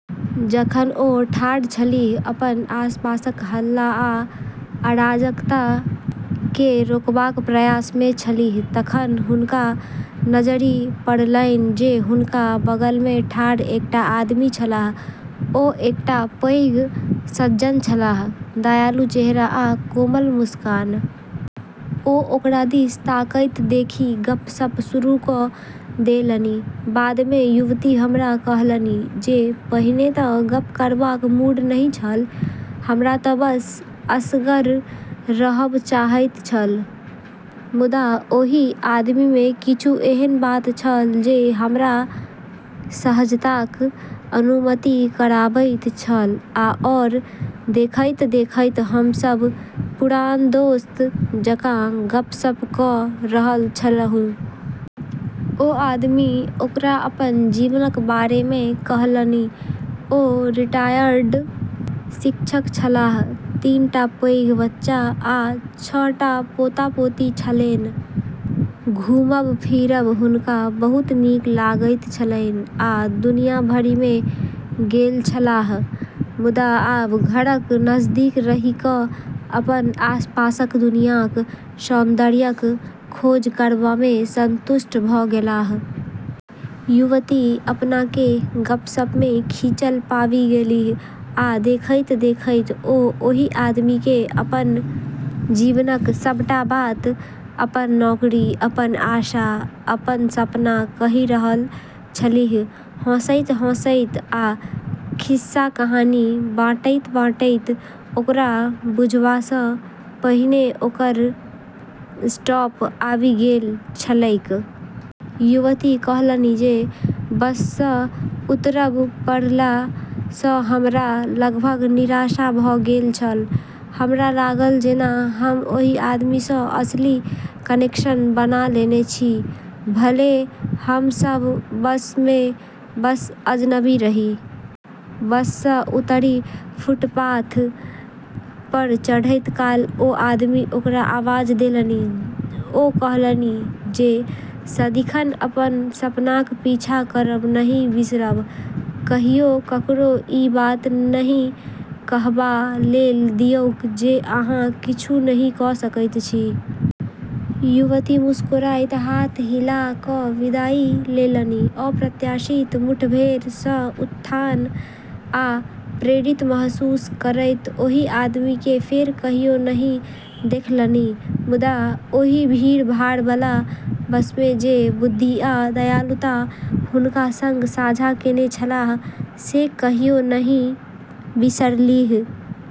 जखन ओ ठाढ़ छलीह, अपन आसपासक हल्ला आ अराजकता केँ रोकबाक प्रयास मे छलीह, तखन हुनका नजरि पड़लैन जे हुनका बगल मे ठाढ़ एकटा आदमी छलाह। ओ एकटा पैघ सज्जन छलाह, दयालु चेहरा आ कोमल मुस्कान। ओ ओकरा दिस तकैत देखि गप्प-सप्प शुरू कऽ देलनि। बाद मे युवती हमरा कहलनि जे, पहिने तँ गप्प करबाक मूड नहि छल। "हमरा तँ बस असगर रहब चाहैत छल। मुदा ओहि आदमी मे किछु एहन बात छल जे हमरा सहजताक अनुभूति कराबैत छल, आओर देखैत-देखैत हम सभ पुरान दोस्त जकाँ गप्प-सप्प कऽ रहल छलहुँ।" ओ आदमी ओकरा अपन जीवनक बारे मे कहलनि- ओ रिटायर्ड शिक्षक छलाह, तीन टा पैघ बच्चा आ छह टा पोता-पोती छलेन। घुमब-फिरब हुनका बहुत नीक लगैत छलैन आ दुनिया भरि मे गेल छलाह, मुदा आब घरक नजदीक रहि कऽ अपन आसपासक दुनियाक सौन्दर्यक खोज करबा मे संतुष्ट भऽ गेलाह। युवती अपना केँ गप्प-सप्प मे खींचल पाबि गेलीह, आ देखैत-देखैत ओ ओहि आदमी केँ अपन जीवनक सबटा बात- अपन नौकरी, अपन आशा, अपन सपना कहि रहल छलीह। हँसैत-हँसैत आ खिस्सा-कहानी बाँटैत-बाँटैत, ओकरा बुझबा सँ पहिने ओकर स्टॉप आबि गेल छलैक। युवती कहलनि जे, बस सँ उतरब पड़ला सँ हमरा लगभग निराशा भऽ गेल छल। "हमरा लागल जेना हम ओहि आदमी सँ असली कनेक्शन बना लेने छी, भले हम सभ बस मे बस अजनबी रही।" बस सँ उतरि फुटपाथ पर चढ़ैत काल ओ आदमी ओकरा आवाज देलनि। ओ कहलनि जे, सदिखन अपन सपनाक पीछा करब नहि बिसरब। "कहियो ककरो ई नहि कहबा लेल दियौक जे अहाँ किछु नहि कऽ सकैत छी।" युवती मुस्कुराइत हाथ हिला कऽ विदाई देलनि, अप्रत्याशित मुठभेड़ सँ उत्थान आ प्रेरित महसूस करैत। ओहि आदमी केँ फेर कहियो नहि देखलनि, मुदा ओहि भीड़-भाड़बला बस मे जे बुद्धि आ दयालुता हुनका सँग साझा केने छलाह से कहियो नहि बिसरलीह।